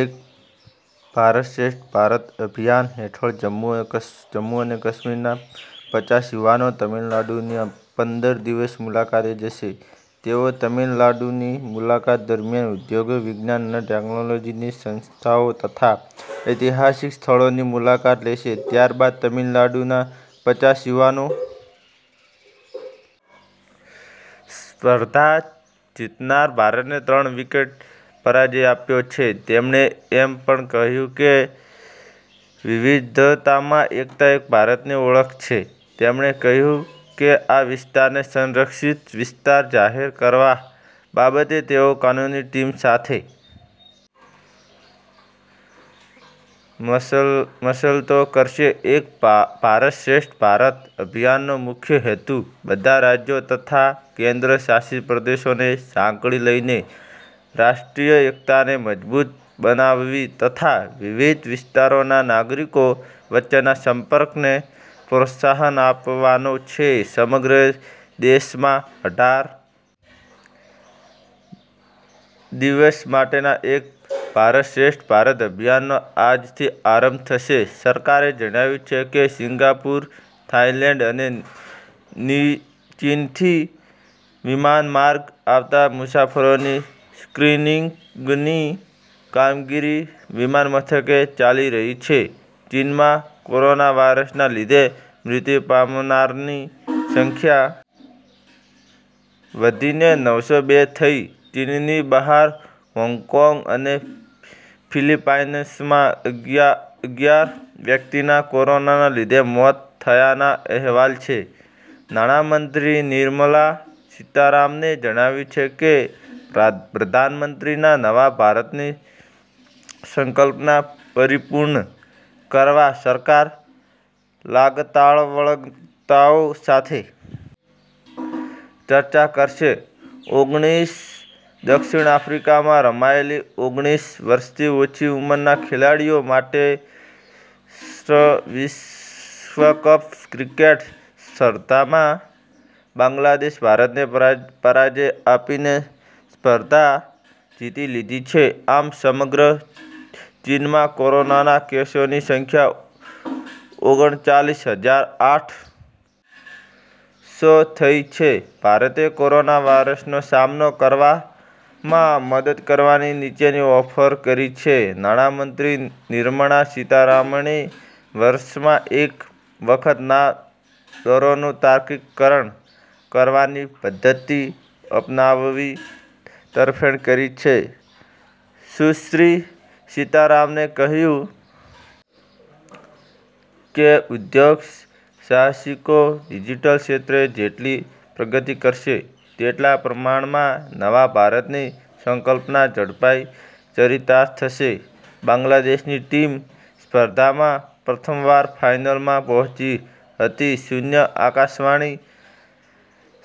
એક ભારતશ્રેષ્ઠ ભારત અભિયાન હેઠળ જમ્મુ અને કાશ્મીરના પચાસ યુવાનો તમિલનાડુની પંદર દિવસની મુલાકાતે જશે તેઓ તમીલનાડુની મુલાકાત દરમ્યાન ઉદ્યોગો વિજ્ઞાન અને ટેકનોલોજીની સંસ્થાઓ તથા ઐતિહાસિક સ્થળોની મુલાકાત લેશે ત્યારબાદ તમીલનાડુના પચાસ યુવાનો સ્પર્ધા જીતનાર ભારતને ત્રણ વિકેટ પરાજ્ય આપ્યો છે તેમણે એમ પણ કહ્યું કે વિવિધતામાં એકતા એ ભારતની ઓળખ છે તેમણે કહ્યું કે આ વિસ્તારને સંરક્ષિત વિસ્તાર જાહેર કરવા બાબતે તેઓ કાનૂની ટીમ સાથે મસલતો કરશે એક ભારતશ્રેષ્ઠ ભારત અભિયાનનો મુખ્ય હેતુ બધા જ રાજ્યો તથા કેન્દ્ર શાસિત પ્રદેશોને સાંકળી લઈને રાષ્ટ્રીય એકતાને મજબૂત બનાવવી તથા વિવિધ વિસ્તારોના નાગરિકો વચ્ચેના સંપર્કને પ્રોત્સાહન આપવાનો છે સમગ્ર દેશમાં અઢાર દિવસ માટેના એક ભારતશ્રેષ્ઠ ભારત અભિયાનનો આજથી આરંભ થશે સરકારે જણાવ્યુ છે કે સીંગાપુર થાઇલેન્ડ અને ચીનથી વિમાનમાર્ગે આવતા મુસાફરોની સ્ક્રીનીંગની કામગીરી વિમાનમથકે ચાલી રહી છે ચીનમાં કોરોના વાયરસના લીધે મૃત્યુ પામનારની સંખ્યા વધીને નવ સો બે થઇ ચીનની બહાર હોંગકોંગ અને ફિલીપાઇન્સમાં અગિયાર વ્યકિતના કોરોનાના લીધે મોત થયાના અહેવાલ છે નાણામંત્રી નિર્મલા સીતારામને જણાવ્યુ છે કે પ્રધાનમંત્રીના નવા ભારતની સંકલ્પના પરિપૂર્ણ કરવા સરકાર લાગતાવળગતાઓ સાથે ચર્ચા કરશે ઓગણિસ દક્ષિણ આફ્રિકામાં રમાયેલી ઓગણિસ વર્ષથી ઓછી ઉંમરના ખેલાડીઓ માટેની શ્ન વિસ્વકપ ક્રિકેટ સ્પર્ધામાં બાંગલાદેશ ભારતને પરાજ્ય આપીને સ્પર્ધા જીતી લીધી છે આમ સમગ્ર ચીનમાં કોરોનાના કેસોની સંખ્યા ઓગણચાલીસ હજાર આઠ સો થઇ છે ભારતે કોરોના વાયરસનો સામનો કરવામાં મદદ કરવાની ચીનને ઓફર કરી છે નાણામંત્રી નિર્મણા સીતારામણે વર્ષમાં એક વખત ના દરોનું તાર્કિકી કરણ કરવાની પધ્ધતી અપનાવવાની તરફેણ કરી છે સુશ્રી સીતારામને કહ્યું કે ઉદ્યોગ સાહસિકો ડિજીટલ ક્ષેત્રે જેટલી પ્રગતિ કરસે તેટલા પ્રમાણમાં નવા ભારતની સંકલ્પના ઝડપથઈ ચરિતાર્થ થશે બાંગ્લાદેશની ટીમ સ્પર્ધામાં પ્રથમવાર ફાઇનલમાં પહોચી હતી શૂન્ય આકાશવાણી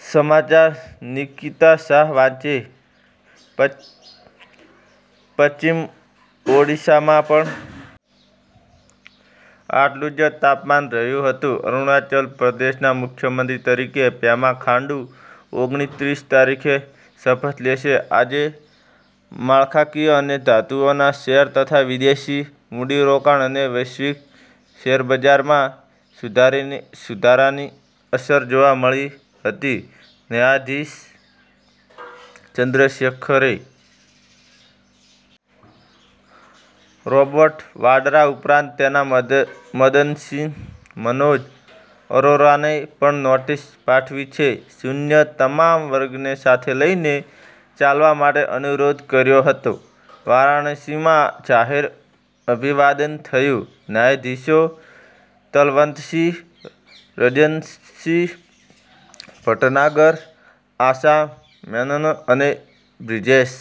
સમાચાર નિકિતા શાહ વાંચે છે પશ્ચિમ ઓડીશામાં પણ આટલું જ તાપમાન રહ્યું હતું અરૂણાચલ પ્રદેશના મુખ્યમંત્રી તરીકે પેમા ખાંડુ ઓગણત્રીસ તારીખે શપથ લેશે આજે માળખાંકિય અને ધાતુઓના શેર તથા વિદેશી મૂડીરોકાણ અને વૈશ્વિક શેરબજારમાં સુધારાની અસર જોવા મળી હતી ન્યાયાધીશ ચંદ્રશેખરે રોબર્ટ વાડરા ઉપરાંત તેના મદદનીશ મનોજ અરોરાને પણ નોટીસ પાઠવી છે શૂન્ય તમામ વર્ગને સાથે લઈને ચાલવા માટે અનુરોધ કર્યો હતો વારાણસીમાં જાહેર અભિવાદન થયું ન્યાયાધીશો તલવંતસિંઘ રજનીશ ભટનાગર આશા મેનન અને બ્રિજેશ